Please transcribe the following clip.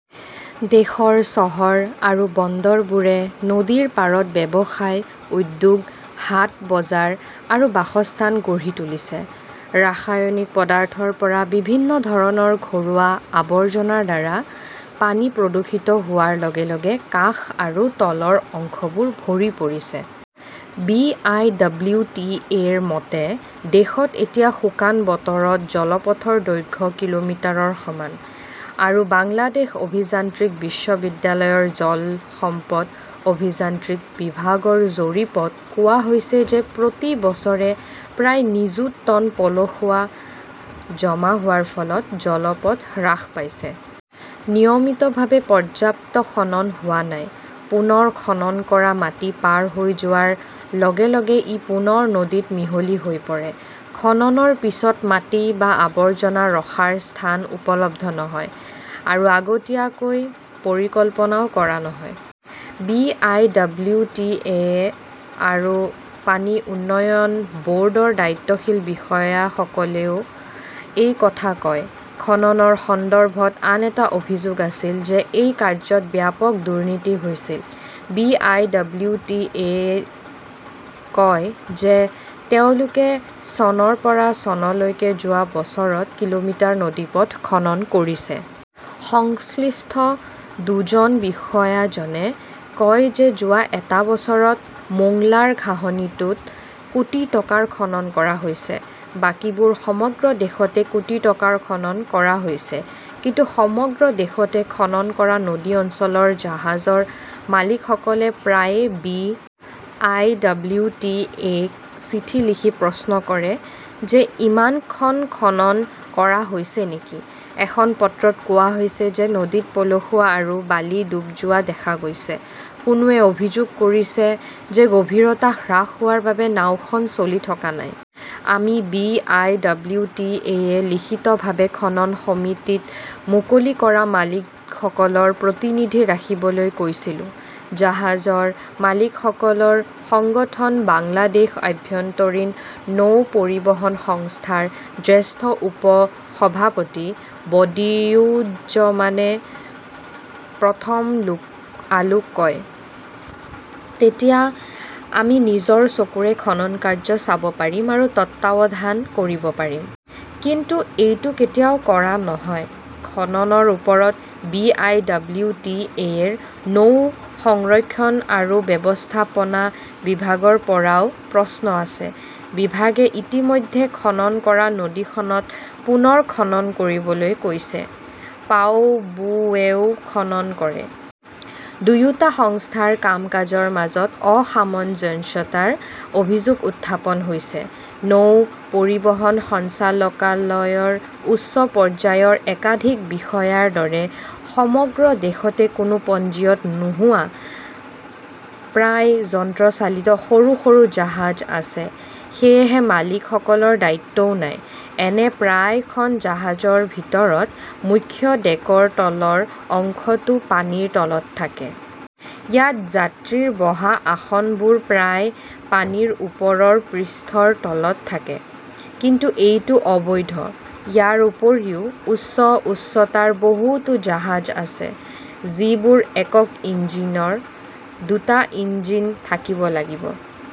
দেশৰ চহৰ আৰু বন্দৰবোৰে নদীৰ পাৰত ব্যৱসায়, উদ্যোগ, হাট বজাৰ আৰু বাসস্থান গঢ়ি তুলিছে। ৰাসায়নিক পদাৰ্থৰ পৰা বিভিন্ন ধৰণৰ ঘৰুৱা আৱৰ্জনাৰ দ্বাৰা পানী প্ৰদূষিত হোৱাৰ লগে লগে কাষ আৰু তলৰ অংশবোৰ ভৰি পৰিছে। B. I. W. T. A. -ৰ মতে, দেশত এতিয়া শুকান বতৰত জলপথৰ দৈৰ্ঘ্য কিলোমিটাৰৰ সমান। আৰু বাংলাদেশ অভিযান্ত্ৰিক বিশ্ববিদ্যালয়ৰ জল সম্পদ অভিযান্ত্ৰিক বিভাগৰ জৰীপ ত কোৱা হৈছে যে প্ৰতি বছৰে প্ৰায় নিযুত টন পলসুৱা জমা হোৱাৰ ফলত জলপথ হ্ৰাস পাইছে। নিয়মিতভাৱে পৰ্যাপ্ত খনন হোৱা নাই। পুনৰ খনন কৰা মাটি পাৰ হৈ যোৱাৰ লগে লগে ই পুনৰ নদীত মিহলি হৈ পৰে। খননৰ পিছত মাটি বা আৱৰ্জনা ৰখাৰ স্থান উপলব্ধ নহয়-আৰু আগতীয়াকৈ পৰিকল্পনাও কৰা নহয়। B. I. W. T. A. আৰু পানী উন্নয়ন ব "ৰ্ডৰ দায়িত্বশীল বিষয়াসকলেও এই কথা কয়। খননৰ সন্দৰ্ভত আন এটা অভিযোগ আছিল যে এই কাৰ্য্যত ব্যাপক দুৰ্নীতি হৈছিল। B. I. W. T. A. -য়ে কয় যে তেওঁলোকে চনৰ পৰা চনলৈকে যোৱা বছৰত কিলোমিটাৰ নদীপথ খনন কৰিছে। সংশ্লিষ্ট দুজন বিষয়াজনে কয় যে যোৱা এটা বছৰত মোংলাৰ ঘাঁহনিটোত কোটি টকাৰ খনন কৰা হৈছে। বাকীবোৰ সমগ্ৰ দেশতে কোটি টকাৰ খনন কৰা হৈছে। কিন্তু সমগ্ৰ দেশতে খনন কৰা নদী অঞ্চলৰ জাহাজৰ মালিকসকলে প্ৰায়ে B. I. W. T. A. -ক চিঠি লিখি প্ৰশ্ন কৰে যে ইমান খন খনন কৰা হৈছে নেকি। এখন পত্ৰত কোৱা হৈছে যে নদীত পলসুৱা আৰু বালি ডুব যোৱা দেখা গৈছে। কোনোৱে অভিযোগ কৰিছে যে গভীৰতা হ্ৰাস হোৱাৰ বাবে নাওখন চলি থকা নাই। "আমি B. I. W. T. A. -ক লিখিতভাৱে খনন সমিতিত মুকলি কৰা মালিকসকলৰ প্ৰতিনিধি ৰাখিবলৈ কৈছিলো", জাহাজৰ মালিকসকলৰ সংগঠন বাংলাদেশ আভ্যন্তৰীণ নৌ পৰিবহণ সংস্থাৰ জ্যেষ্ঠ উপ-সভাপতি বদিউজ্জমানে প্ৰথম আলোক কয়। তেতিয়া আমি নিজৰ চকুৰে খননকাৰ্য চাব পাৰিম আৰু তত্বাৱধান কৰিব পাৰিম। কিন্তু এইটো কেতিয়াও কৰা নহয়। 'খননৰ ওপৰত B. I. W. T. A. -ৰ নৌ সংৰক্ষণ আৰু ব্যৱস্থাপনা বিভাগৰ পৰাও প্ৰশ্ন আছে। বিভাগে ইতিমধ্যে খনন কৰা নদীখনত পুনৰ খনন কৰিবলৈ কৈছে। পাউবোৱেও খনন কৰে। দুয়োটা সংস্থাৰ কাম-কাজৰ মাজত অসামঞ্জস্যতাৰ অভিযোগ উত্থাপন হৈছে। নৌ পৰিবহণ সঞ্চালকালয়ৰ উচ্চ পৰ্যায়ৰ একাধিক বিষয়াৰ দৰে সমগ্ৰ দেশতে কোনো পঞ্জীয়ত নোহোৱা প্ৰায় যন্ত্ৰচালিত সৰু সৰু জাহাজ আছে। সেয়েহে মালিকসকলৰ দায়িত্বও নাই। এনে প্ৰায় খন জাহাজৰ ভিতৰত মুখ্য ডেকৰ তলৰ অংশটো পানীৰ তলত থাকে। ইয়াত যাত্ৰীৰ বহা আসনবোৰ প্ৰায় পানীৰ ওপৰৰ পৃষ্ঠৰ তলত থাকে। কিন্তু এইটো অবৈধ। ইয়াৰ উপৰিও, উচ্চ উচ্চতাৰ বহুতো জাহাজ আছে, যিবোৰ একক ইঞ্জিনৰ। দুটা ইঞ্জিন থাকিব লাগিব।